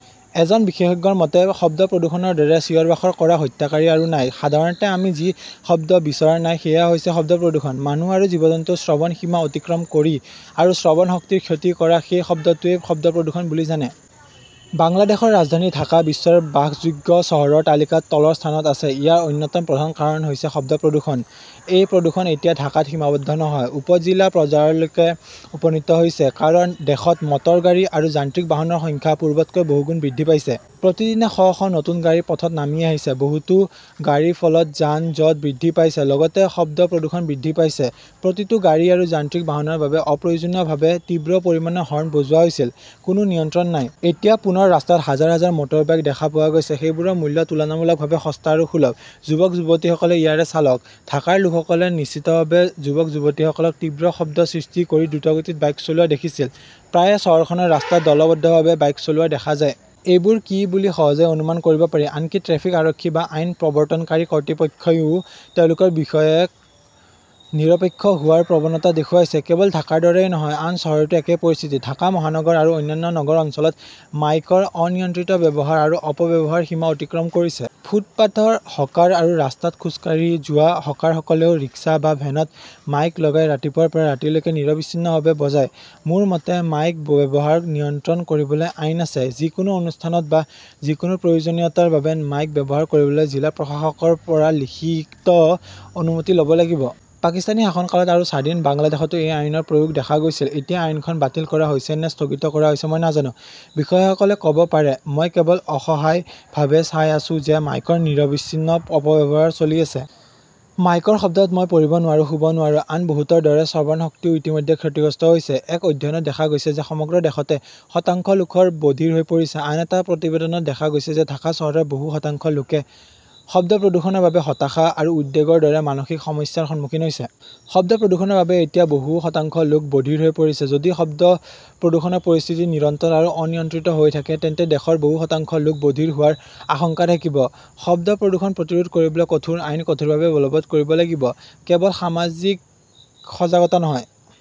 এজন বিশেষজ্ঞৰ মতে-'শব্দ প্ৰদূষণৰ দৰে চিঞৰ-বাখৰ কৰা হত্যাকাৰী আৰু নাই। সাধাৰণতে আমি যি শব্দ বিচৰা নাই সেয়া হৈছে শব্দ প্ৰদূষণ। মানুহ আৰু জীৱ-জন্তুৰ শ্ৰৱণ সীমা অতিক্ৰম কৰি আৰু শ্ৰৱণ শক্তিৰ ক্ষতি কৰা সেই শব্দটোৱেই শব্দ প্ৰদূষণ বুলি জানে। "বাংলাদেশৰ ৰাজধানী ঢাকা বিশ্বৰ বাসযোগ্য চহৰৰ তালিকাত তলৰ স্থানত আছে।"ইয়াৰ অন্যতম প্ৰধান কাৰণ হৈছে শব্দ প্ৰদূষণ। এই প্ৰদূষণ এতিয়া ঢাকাত সীমাবদ্ধ নহয়, উপ-জিলা পৰ্যায়লৈকে উপনীত হৈছে। কাৰণ দেশত মটৰ গাড়ী আৰু যান্ত্ৰিক বাহনৰ সংখ্যা পূৰ্বতকৈ বহুগুণ বৃদ্ধি পাইছে। প্ৰতিদিনে শ শ নতুন গাড়ী পথত নামি আহিছে। বহুতো গাড়ীৰ ফলত যান-জঁট বৃদ্ধি পাইছে, লগতে শব্দ প্ৰদূষণ বৃদ্ধি পাইছে। প্ৰতিটো গাড়ী আৰু যান্ত্ৰিক বাহনৰ বাবে-অপ্ৰয়োজনীয়ভাৱে তীব্ৰ পৰিমাণৰ হৰ্ণ বজোৱা হৈছিল। কোনো নিয়ন্ত্ৰণ নাই। এতিয়া পুনৰ ৰাস্তাত হাজাৰ হাজাৰ মটৰবাইক দেখা পোৱা গৈছে। সেইবোৰৰ মূল্য তুলনামূলকভাৱে সস্তা আৰু সুলভ। যুৱক-যুৱতীসকলে ইয়াৰ চালক। ঢাকাৰ লোকসকলে নিশ্চিতভাৱে যুৱক-যুৱতীসকলক তীব্ৰ শব্দ সৃষ্টি কৰি দ্ৰুতগতিত বাইক চলোৱা দেখিছিল। প্ৰায়ে চহৰখনৰ ৰাস্তাত দলবদ্ধভাৱে বাইক চলোৱা দেখা যায়। এইবোৰ কি বুলি সহজেই অনুমান কৰিব পাৰি। আনকি ট্ৰেফিক আৰক্ষী বা আইন প্ৰৱৰ্তনকাৰী কৰ্তৃপক্ষইও তেওঁলোকৰ বিষয়ে নিৰপেক্ষ হোৱাৰ প্ৰৱণতা দেখুৱাইছে। কেৱল ঢাকাৰ দৰেই নহয়, আন চহৰতো একেই পৰিস্থিতি। ঢাকা মহানগৰ আৰু অন্যান্য নগৰ অঞ্চলত মাইকৰ অনিয়ন্ত্ৰিত ব্যৱহাৰ বা অপব্যৱহাৰ সীমা অতিক্ৰম কৰিছে। ফুটপাতৰ হকাৰ আৰু ৰাস্তাত খোজ কাঢ়ি যোৱা হকাৰসকলেও ৰিক্সা বা ভেনত মাইক লগাই ৰাতিপুৱাৰ পৰা ৰাতি লৈকে নিৰবিচ্ছিন্নভাৱে বজায়। মোৰ মতে, মাইক ব্যৱহাৰ নিয়ন্ত্ৰণ কৰিবলৈ আইন আছে। যিকোনো অনুষ্ঠানত বা যিকোনো প্ৰয়োজনীয়তাৰ বাবে মাইক ব্যৱহাৰ কৰিবলৈ জিলা প্ৰশাসকৰ পৰা লিখিত অনুমতি ল'ব লাগিব। পাকিস্তানী শাসনকালত আৰু স্বাধীন বাংলাদেশতো এই আইনৰ প্ৰয়োগ দেখা গৈছিল। এতিয়া আইনখন বাতিল কৰা হৈছে নে স্থগিত কৰা হৈছে? মই নাজানো। বিষয়াসকলে ক'ব পাৰে। মই কেৱল অসহায়ভাৱে চাই আছো যে মাইকৰ নিৰবিচ্ছিন্ন অপব্যৱহাৰ চলি আছে। মাইকৰ শব্দত মই পঢ়িব নোৱাৰোঁ, শুব নোৱাৰোঁ। আন বহুতৰ দৰে শ্ৰৱণশক্তিও ইতিমধ্যে ক্ষতিগ্ৰস্ত হৈছে। এক অধ্যয়নত দেখা গৈছে যে সমগ্ৰ দেশতে শতাংশ লোক বধিৰ হৈ পৰিছে। আন এটা প্ৰতিবেদনত দেখা গৈছে যে ঢাকা চহৰৰ বহু শতাংশ লোকে শব্দ প্ৰদূষণৰ বাবে হতাশা আৰু উদ্বেগৰ দৰে মানসিক সমস্যাৰ সন্মুখীন হৈছে। শব্দ প্ৰদূষণৰ বাবে এতিয়া বহু শতাংশ লোক বধিৰ হৈ পৰিছে। যদি শব্দ প্ৰদূষণৰ পৰিস্থিতি নিৰন্তৰ আৰু অনিয়ন্ত্ৰিত হৈ থাকে, তেন্তে দেশৰ বহু শতাংশ লোক বধিৰ হোৱাৰ আশংকা থাকিব। শব্দ প্ৰদূষণ প্ৰতিৰোধ কৰিবলৈ কঠোৰ আইন কঠোৰভাৱে বলৱৎ কৰিব লাগিব, কেৱল সামাজিক সজাগতা নহয়।